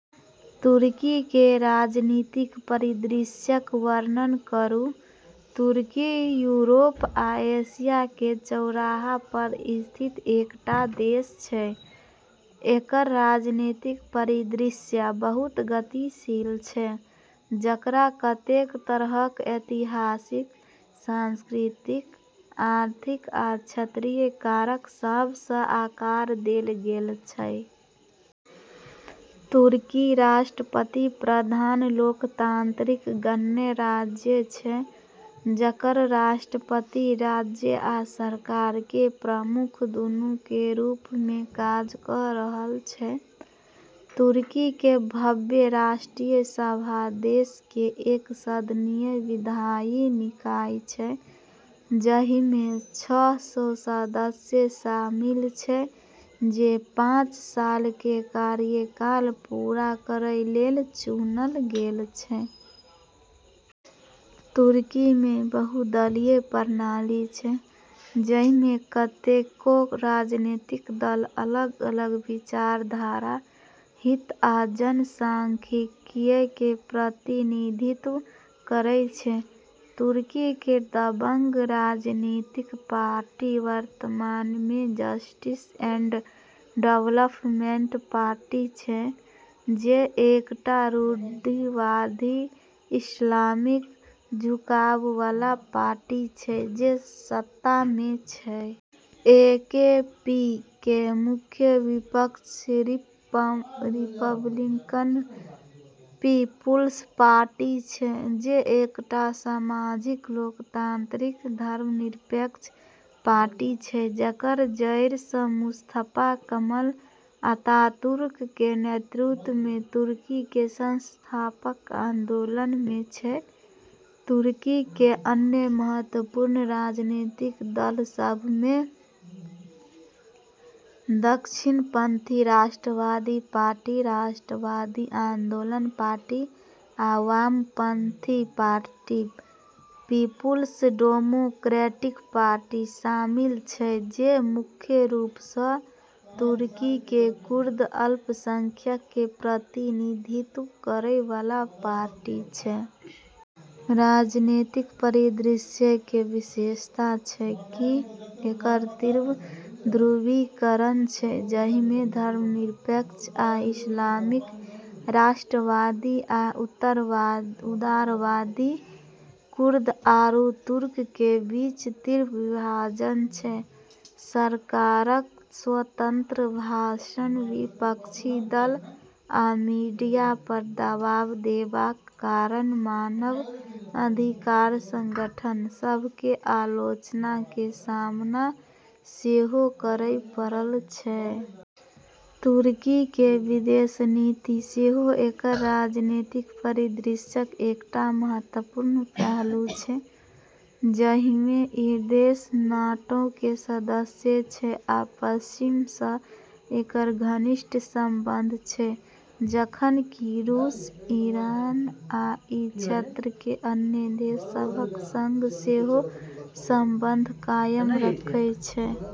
तुर्की के राजनीतिक परिदृश्यक वर्णन करू:- तुर्की यूरोप आ एशिया के चौराहा पर स्थित एकटा देश छै, एकर राजनीतिक परिदृश्य बहुत गतिशील छै, जकरा कतेक तरहक ऐतिहासिक, सांस्कृतिक, आर्थिक आ क्षेत्रीय कारक सभसँ आकार देल गेल छै। तुर्की राष्ट्रपति-प्रधान लोकतांत्रिक गणराज्य छै, जकर राष्ट्रपति राज्य आ सरकार के प्रमुख दुनूके रूप मे काज क' रहल छै। तुर्की के भव्य राष्ट्रीय सभा देश के एक सदनीय विधायी निकाय छै, जाहिमे छह सौ सदस्य शामिल छै जे पाँच साल के कार्यकाल पूरा करै लेल चुनल गेल छै। तुर्की मे बहुदलीय प्रणाली छै, जाहिमे कतेको राजनीतिक दल अलग-अलग विचारधारा, हित आ जनसांख्यिकीय के प्रतिनिधित्व करै छै। तुर्की के दबंग राजनीतिक पार्टी वर्तमान मे जस्टिस एंड डेवलपमेंट पार्टी छै, जे एकटा रूढ़िवादी, इस्लामिक झुकाववला पार्टी छै जे सत्ता मे छै। ए के पी के मुख्य विपक्ष रिपब्लिकन पीपुल्स पार्टी छै, जे एकटा सामाजिक लोकतांत्रिक, धर्मनिरपेक्ष पार्टी छै जकर जड़ि मुस्तफा कमल अतातुर्क के नेतृत्व मे तुर्की के संस्थापक आंदोलन मे छै। तुर्की के अन्य महत्वपूर्ण राजनीतिक दल सभ में दक्षिणपंथी राष्ट्रवादी पार्टी राष्ट्रवादी आंदोलन पार्टी आ वामपंथी पार्टी पीपुल्स डेमोक्रेटिक पार्टी शामिल छै, जे मुख्य रूपसँ तुर्की के कुर्द अल्पसंख्यक के प्रतिनिधित्व करै वाला पार्टी छै। राजनीतिक परिदृश्य के विशेषता छै कि एकर तीव्र ध्रुवीकरण छै, जाहिमे धर्मनिरपेक्ष आ इस्लामिक, राष्ट्रवादी एवं उदारवादी, कुर्द आरू तुर्क के बीच तीव्र विभाजन छै। सरकारक स्वतंत्र भाषण, विपक्षी दल, आ मीडिया पर दबाव देबाक कारण मानव अधिकार संगठन सभ के आलोचना के सामना सेहो करय पड़ल छै। तुर्की के विदेश नीति सेहो एकर राजनीतिक परिदृश्यक एकटा महत्वपूर्ण पहलू छै, जाहिमे ई देश नाटो के सदस्य छै आ पश्चिमसँ एकर घनिष्ठ संबंध छै, जखन कि रूस, ईरान आ ई क्षेत्रके अन्य देश सभक संग सेहो संबंध कायम रखै छै।